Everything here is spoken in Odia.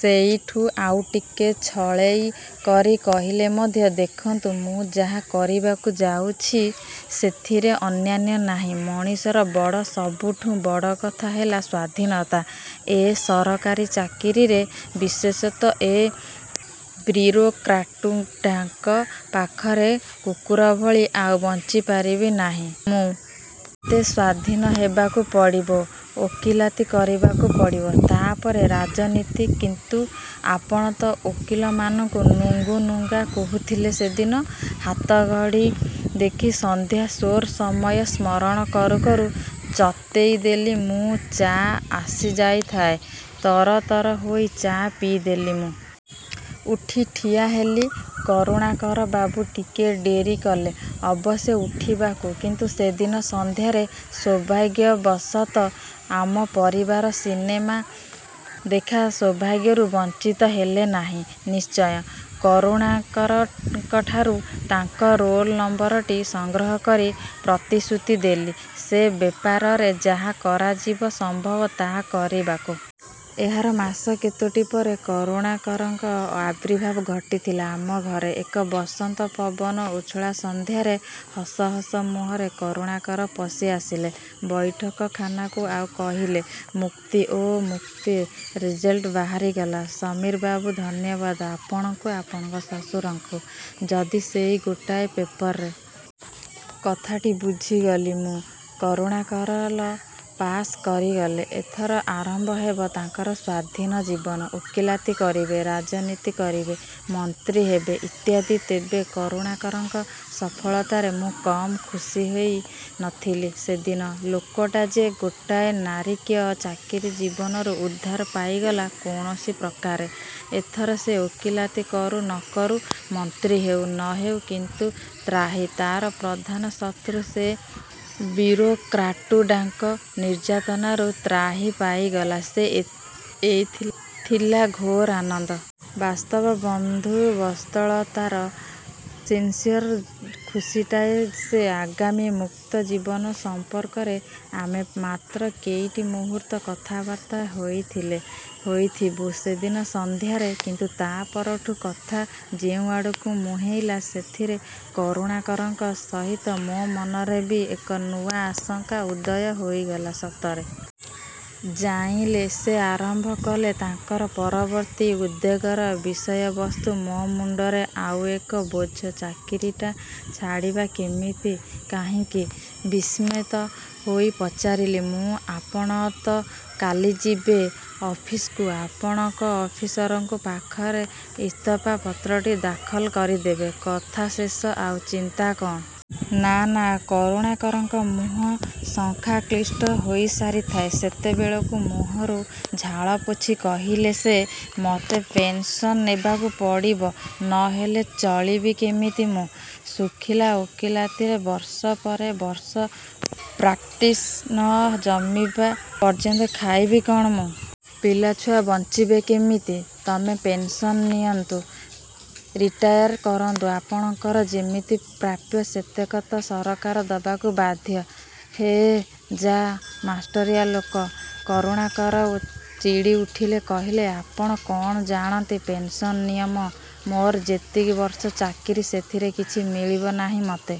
" ସେଇଠୁ ଆଉଟିକେ ଛଳେଇ କରି କହିଲେ ମଧ୍ୟ "ଦେଖନ୍ତୁ, ମୁଁ ଯାହା କରିବାକୁ ଯାଉଛି ସେଥିରେ ଅନ୍ୟାୟ ନାହିଁ। ମଣିଷର ବଡ଼, ସବୁଠୁଁ ବଡ଼ କଥା ହେଲା ସ୍ୱାଧୀନତା। ଏ ସରକାରୀ ଚାକିରିରେ ବିଶେଷତଃ ଏ ବ୍ୟୁରୋକ୍ରାଟ୍ଗୁଡ଼ାଙ୍କ ପାଖରେ କୁକୁରଭଳି ଆଉ ବଞ୍ଚିପାରିବି ନାଇଁ ମୁଁ। ମତେ ସ୍ୱାଧୀନ ହେବାକୁ ପଡ଼ିବ। ଓକିଲାତି କରିବାକୁ ପଡ଼ିବ। ତା'ପରେ-ରାଜନୀତି। " "କିନ୍ତୁ ଆପଣ ତ ଓକିଲମାନଙ୍କୁ ନୁଙ୍ଗୁ ନୁଙ୍ଗା କହୁଥିଲେ ସେଦିନ। " ହାତଘଡ଼ି ଦେଖି ସନ୍ଧ୍ୟା ସୋ'ର ସମୟ ସ୍ମରଣ କରୁ କରୁ ଚେତେଇଦେଲି ମୁଁ। ଚା' ଆସିଯାଇଥାଏ। ତର ତର ହୋଇ ଚା' ପିଇଦେଲି ମୁଁ। ଉଠି ଠିଆ ହେଲି। କରୁଣାକର ବାବୁ ଟିକିଏ ଡେରି କଲେ ଅବଶ୍ୟ ଉଠିବାକୁ। କିନ୍ତୁ, ସେଦିନ ସନ୍ଧ୍ୟାରେ ସୌଭାଗ୍ୟବଶତଃ ଆମ ପରିବାର ସିନେମା ଦେଖା ସୌଭାଗ୍ୟରୁ ବଞ୍ଚିତ ହେଲେ ନାହିଁ ନିଶ୍ଚୟ। କରୁଣାକରଙ୍କଠାରୁ ତାଙ୍କ ରୋଲ୍ ନମ୍ବରଟି ସଂଗ୍ରହ କରି ପ୍ରତିଶ୍ରୂତି ଦେଲି ସେ ବ୍ୟାପାରରେ ଯାହା କରାଯିବା ସମ୍ଭବ ତାହା କରିବାକୁ। ଏହାର ମାସ କେତୋଟି ପରେ କରୁଣାକରଙ୍କ ଆବିର୍ଭାବ ଘଟିଥିଲା ଆମ ଘରେ ଏକ ବସନ୍ତ ପବନ ଉଚ୍ଛୁଳା ସନ୍ଧ୍ୟାରେ। ହସ ହସ ମୁହଁରେ କରୁଣାକର ପଶିଆସିଲେ ବୈଠକଖାନାକୁ ଆଉ କହିଲେ- "ମୁକ୍ତି, ଓଃ ମୁକ୍ତି-ରେଜଲଟ୍ ବାହାରିଗଲା ସମୀରବାବୁ! ଧନ୍ୟବାଦ ଆପଣଙ୍କୁ, ଆପଣଙ୍କ ଶଶୁରଙ୍କୁ। ଯଦି ସେଇ ଗୋଟାଏ ପେପରରେ " କଥାଟି ବୁଝିଗଲି ମୁଁ। କରୁଣାକର ଲ' ପାଶ୍ କରିଗଲେ। ଏଥର ଆରମ୍ଭ ହେବ ତାଙ୍କର ସ୍ୱାଧୀନ ଜୀବନ। ଓକିଲାତି କରିବେ। ରାଜନୀତି କରିବେ। ମନ୍ତ୍ରୀ ହେବେ। ଇତ୍ୟାଦି। ତେବେ, କରୁଣାକରଙ୍କ ସଫଳତାରେ ମୁଁ କମ୍ ଖୁସି ହେଇ ନ ଥିଲି ସେଦିନ। ଲୋକଟା ଯେ ଗୋଟାଏ ନାରକୀୟ ଚାକିରି ଜୀବନରୁ ଉଦ୍ଧାର ପାଇଗଲା କୌଣସି ପ୍ରକାରେ, ଏଥର ସେ ଓକିଲାତି କରୁ ନ କରୁ, ମନ୍ତ୍ରୀ ହେଉ ନ ହେଉ, କିନ୍ତୁ ତ୍ରାହି-ତାର ପ୍ରଧାନ ଶତ୍ରୁ ସେ ବ୍ୟୁରୋକ୍ରାଟ୍ଗୁଡ଼ାଙ୍କ ନିର୍ଯ୍ୟାତନାରୁ ତ୍ରାହି ପାଇଗଲା ସେ-ଏଇଥିଲା ଘୋର ଆନନ୍ଦ। ବାସ୍ତବ ବନ୍ଧୁବତ୍ସଳତାର ସିନ୍ସିଅର ଖୁସିଟାଏ ସେ। ଆଗାମୀ ମୁକ୍ତଜୀବନ ସମ୍ପର୍କରେ ଆମେ ମାତ୍ର କେଇଟି ମୁହୂର୍ତ୍ତ କଥାବାର୍ତ୍ତା ହୋଇଥିଲେ ହୋଇଥିବୁ ସେଦିନ ସନ୍ଧ୍ୟାରେ। କିନ୍ତୁ ତା ପରଠୁ କଥା ଯେଉଁଆଡ଼କୁ ମୁହେଁଇଲା ସେଥିରେ କରୁଣାକରଙ୍କ ସହିତ ମୋ ମନରେ ବି ଏକ ନୂଆ ଆଶଙ୍କା ଉଦୟ ହୋଇଗଲା ସତରେ। "ଜାଇଁଲେ! ", ସେ ଆରମ୍ଭକଲେ ତାଙ୍କର ପରବର୍ତ୍ତୀ ଉଦ୍ବେଗର ବିଷୟବସ୍ତୁ, ''ମୋ ମୁଣ୍ଡରେ ଆଉ ଏକ ବୋଝ-ଚାକିରିଟା ଛାଡ଼ିବା କେମିତି! " "କାଇଁକି? ", ବିସ୍ମିତ ହୋଇ ପଚାରିଲି ମୁଁ, "ଆପଣ ତ କାଲିଯିବେ ଅଫିସ୍କୁ। ଆପଣଙ୍କ ଅଫିସରଙ୍କ ପାଖରେ ଇସ୍ତଫାପତ୍ରଟି ଦାଖଲ କରିଦେବେ। କଥା ଶେଷ ଆଉ, ଚିନ୍ତା କ'ଣ? " "ନା, ନା-", କରୁଣାକରଙ୍କ ମୁହଁ ଶଙ୍କାକ୍ଳିଷ୍ଟ ହୋଇସାରିଥାଏ ସେତେବେଳକୁ। ମୁହଁରୁ ଝାଳପୋଛି କହିଲେ ସେ, ''ମତେ ପେନ୍ସନ ନେବାକୁ ପଡ଼ିବ। ନ ହେଲେ ଚଳିବି କେମିତି ମୁଁ? ଶୁଖିଲା ଓକିଲାତିରେ ବର୍ଷ ପରେ ବର୍ଷ ପ୍ରାକ୍ଟିସ୍ ନ ଜମିବା ପର୍ଯ୍ୟନ୍ତ ଖାଇବି କ'ଣ ମୁଁ। ପିଲାଛୁଆ ବଞ୍ଚିବେ କେମିତି? " "ତେବେ ପେନ୍ସନ ନିଅନ୍ତୁ, ରିଟାୟାର୍ କରନ୍ତୁ। ଆପଣଙ୍କର ଯେତିକି ପ୍ରାପ୍ୟ ସେତକ ତ ସରକାର ଦବାକୁ ବାଧ୍ୟ-" "ହେଃ ଯାଃ-ମାଷ୍ଟରିଆ ଲୋକ! ", କରୁଣାକର ଚିଡ଼ି ଉଠିଲେ। କହିଲେ, "ଆପଣ କ'ଣ ଜାଣନ୍ତି ପେନ୍ସନ୍ ନିୟମ! ମୋର ଯେତିକି ବର୍ଷ ଚାକିରି ସେଥିରେ କିଛି ମିଳିବ ନାହିଁ ମତେ।